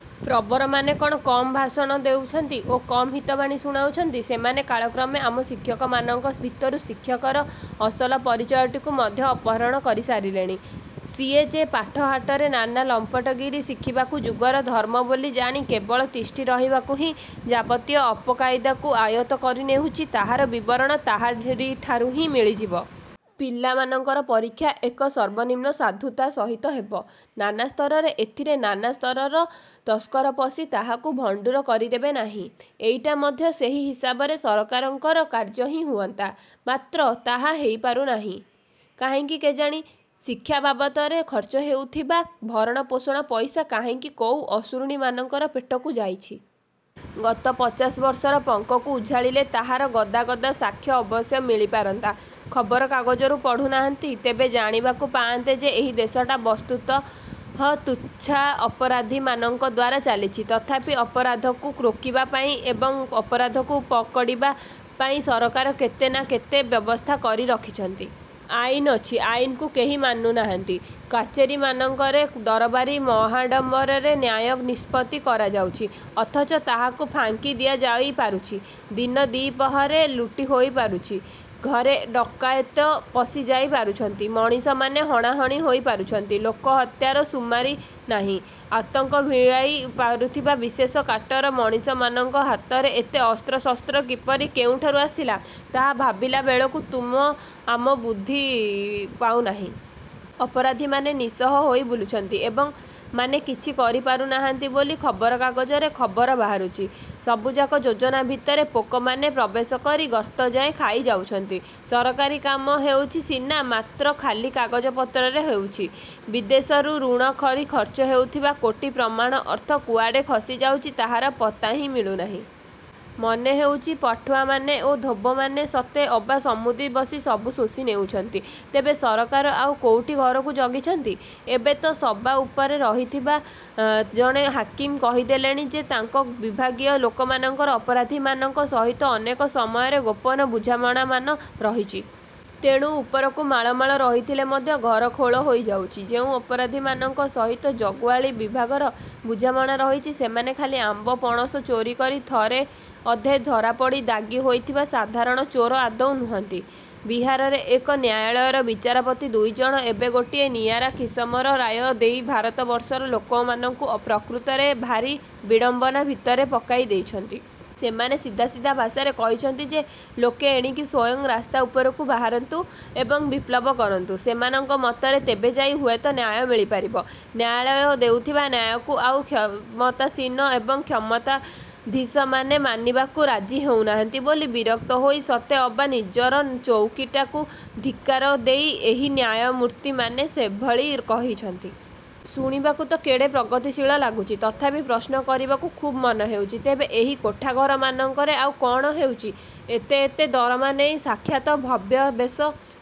ପ୍ରବରମାନେ କଣ କମ୍ ଭାଷଣ ଦେଉଛନ୍ତି ଓ କମ୍ ହିତବାଣୀ ଶୁଣାଉଛନ୍ତି? ସେମାନେ କାଳକ୍ରମେ ଆମ ଶିକ୍ଷକମାନଙ୍କ ଭିତରୁ ଶିକ୍ଷକର ଅସଲ ପରିଚୟଟିକୁ ମଧ୍ୟ ଅପହରଣ କରି ସାରିଲେଣି। ସିଏ ଯେ ପାଠ ହାଟରେ ନାନା ଲମ୍ପଟଗିରି ଶିଖିବାକୁ ଯୁଗର ଧର୍ମ ବୋଲି ଜାଣି କେବଳ ତିଷ୍ଠି ରହିବାକୁ ହିଁ ଯାବତୀୟ ଅପକାଇଦାକୁ ଆୟତ୍ତ କରିନେଉଛି ତାହାର ବିବରଣ ତାହାରି ଠାରୁ ହିଁ ମିଳିଯିବ। ପିଲାମାନଙ୍କର ପରୀକ୍ଷା ଏକ ସର୍ବନିମ୍ନ ସାଧୁତା ସହିତ ହେବ, ନାନା ସ୍ତରରେ ଏଥିରେ ନାନା ସ୍ତରର ତସ୍କର ପଶି ତାହାକୁ ଭଣ୍ଡୁର କରିଦେବେ ନାହିଁ ,ଏଇଟା ମଧ୍ୟ ସେହି ହିସାବରେ ସରକାରଙ୍କର କାର୍ଯ୍ୟ ହିଁ ହୁଅନ୍ତା। ମାତ୍ର ତାହା ହୋଇପାରୁନାହିଁ କାହିଁକି କେଜାଣି? ଶିକ୍ଷା ବାବତରେ ଖର୍ଚ୍ଚ ହେଉଥିବା ଭରଣପୋଷଣ ପଇସା କାହିଁକି କୋଉ ଅସୁରୁଣୀମାନଙ୍କର ପେଟକୁ ଯାଇଛି। ଗତ ପଚାଶବର୍ଷର ପଙ୍କକୁ ଉଝାଳିଲେ ତାହାର ଗଦା ଗଦା ସାକ୍ଷ୍ୟ ଅବଶ୍ୟ ମିଳିପାରନ୍ତା। ଖବରକାଗଜରୁ ପଢୁନାହାନ୍ତି ତେବେ ଜାଣିବାକୁ ପାଆନ୍ତେ ଯେ ଏହି ଦେଶଟା ବସ୍ତୁତଃ ତୁଚ୍ଛା ଅପରାଧୀମାନଙ୍କ ଦ୍ୱାରା ଚାଲିଛି। ତଥାପି ଅପରାଧକୁ ରୋକିବା ପାଇଁ ଏବଂ ଅପରାଧକୁ ପକଡ଼ିବା ପାଇଁ ସରକାର କେତେ ନା କେତେ ବ୍ୟବସ୍ଥା କରି ରଖିଛନ୍ତି। ଆଇନ ଅଛି, ଆଇନକୁ କେହି ମାନୁନାହାନ୍ତି। କଚେରୀମାନଙ୍କରେ ଦରବାରୀ ମହାଡ଼ମ୍ବରରେ ନ୍ୟାୟ-ନିଷ୍ପତ୍ତି କରାଯାଉଛି, ଅଥଚ ତାହାକୁ ଫାଙ୍କି ଦିଆଯାଇ ପାରୁଛି। ଦିନ ଦିପହରେ ଲୁଟି ହୋଇ ପାରୁଛି, ଘରେ ଡ଼କାଏତ ପଶିଯାଇ ପାରୁଛନ୍ତି, ମଣିଷମାନେ ହଣାହଣି ହୋଇ ପାରୁଛନ୍ତି, ଲୋକହତ୍ୟାର ସୁମାରି ନାହିଁ। ଆତଙ୍କ ଭିଆଇ ପାରୁଥିବା ବିଶେଷ କାଟର ମଣିଷମାନଙ୍କ ହାତରେ ଏତେ ଅସ୍ତ୍ରଶସ୍ତ୍ର କିପରି କେଉଁଠାରୁ ଆସିଲା, ତାହା ଭାବିଲା ବେଳକୁ ତୁମ ଆମ ବୁଦ୍ଧି ପାଉନାହିଁ। ଅପରାଧୀମାନେ ନିଃଶଙ୍କ ହୋଇ ବୁଲୁଛନ୍ତି ଏବଂ ମାନେ କିଛି କରିପାରୁ ନାହାନ୍ତି ବୋଲି ଖବରକାଗଜରେ ଖବର ବାହାରୁଛି। ସବୁଯାକ ଯୋଜନା ଭିତରେ ପୋକମାନେ ପ୍ରବେଶ କରି ଗର୍ତ୍ତଯାଏ ଖାଇଯାଉଛନ୍ତି। ସରକାରୀ କାମ ହେଉଛି ସିନା ମାତ୍ର ଖାଲି କାଗଜପତ୍ରରେ ହେଉଛି। ବିଦେଶରୁ ଋଣ କରି ଖର୍ଚ୍ଚ ହେଉଥିବା କୋଟି ପ୍ରମାଣ ଅର୍ଥ କୁଆଡ଼େ ଖପିଯାଉଛି ତାହାର ପତ୍ତା ହିଁ ମିଳୁନାହିଁ। ମନେ ହେଉଚି, ପାଠୁଆମାନେ ଓ ଧୋବମାନେ ସତେ ଅବା ସମୁଦି ବସି ସବୁ ଶୋଷି ନେଉଛନ୍ତି। ତେବେ ସରକାର ଆଉ କୋଉଠି ଘରକୁ ଜଗିଛନ୍ତି? ଏବେ ତ ସବା ଉପରେ ରହିଥିବା ଜଣେ ହାକିମ କହିଦେଲେଣି ଯେ ତାଙ୍କ ବିଭାଗୀୟ ଲୋକଙ୍କର ଅପରାଧୀମାନଙ୍କ ସହିତ ଅନେକ ସମୟରେ ଗୋପନ ବୁଝାମଣାମାନ ରହିଚି। ତେଣୁ ଉପରକୁ ମାଳ ମାଳ ରହିଥିଲେ ମଧ୍ୟ ଘର ଖୋଳ ହୋଇ ଯାଉଚି। ଯେଉଁ ଅପରାଧୀମାନଙ୍କ ସହିତ ଜଗୁଆଳୀ ବିଭାଗର ବୁଝାମଣା ରହିଛି ସେମାନେ ଖାଲି ଆମ୍ବ, ପଣସ ଚୋରି କରି ଥରେ ଅଧେ ଧରାପଡ଼ି ଦାଗୀ ହୋଇଥିବା ସାଧାରଣ ଚୋର ଆଦୌ ନୁହନ୍ତି। ବିହାରରେ ଏକ ନ୍ୟାୟାଳୟର ବିଚାରପତି ଦୁଇଜଣ ଏବେ ଗୋଟିଏ ନିଆରା କିସମର ରାୟ ଦେଇ ଭାରତବର୍ଷର ଲୋକମାନଙ୍କୁ ଅ ପ୍ରକୃତରେ ଭାରି ବିଡ଼ମ୍ବନା ଭିତରେ ପକାଇ ଦେଇଛନ୍ତି। ସେମାନେ ସିଧା ସିଧା ଭାଷାରେ କହିଛନ୍ତି ଯେ, ଲୋକେ ଏଣିକି ସ୍ଵୟଂ ରାସ୍ତା ଉପରକୁ ବାହାରନ୍ତୁ ଏବଂ ବିପ୍ଳବ କରନ୍ତୁ। ସେମାନଙ୍କ ମତରେ ତେବେ ଯାଇ ହୁଏତ ନ୍ୟାୟ ମିଳିପାରିବ। ନ୍ୟାୟାଳୟ ଦେଉଥିବା ନ୍ୟାୟକୁ ଆଉ କ୍ଷମତାସୀନ ଏବଂ କ୍ଷମତାଧୀଶମାନେ ମାନିବାକୁ ରାଜି ହେଉନାହାନ୍ତି ବୋଲି ବିରକ୍ତ ହୋଇ ସତେ ଅବା ନିଜର ଚଉକିଟାକୁ ଧିକ୍କାର ଦେଇ ଏହି ନ୍ୟାୟମୂର୍ତ୍ତିମାନେ ସେଭଳି କହିଛନ୍ତି। ଶୁଣିବାକୁ ତ କେଡ଼େ ପ୍ରଗତିଶୀଳ ଲାଗୁଚି। ତଥାପି ପ୍ରଶ୍ନ କରିବାକୁ ଖୁବ୍ ମନ ହେଉଚି, ତେବେ ଏହି କୋଠାଘରମାନଙ୍କରେ ଆଉ କଣ ହେଉଚି? ଏତେ ଏତେ ଦରମା ନେଇ ସାକ୍ଷାତ ଭବ୍ୟବେଶ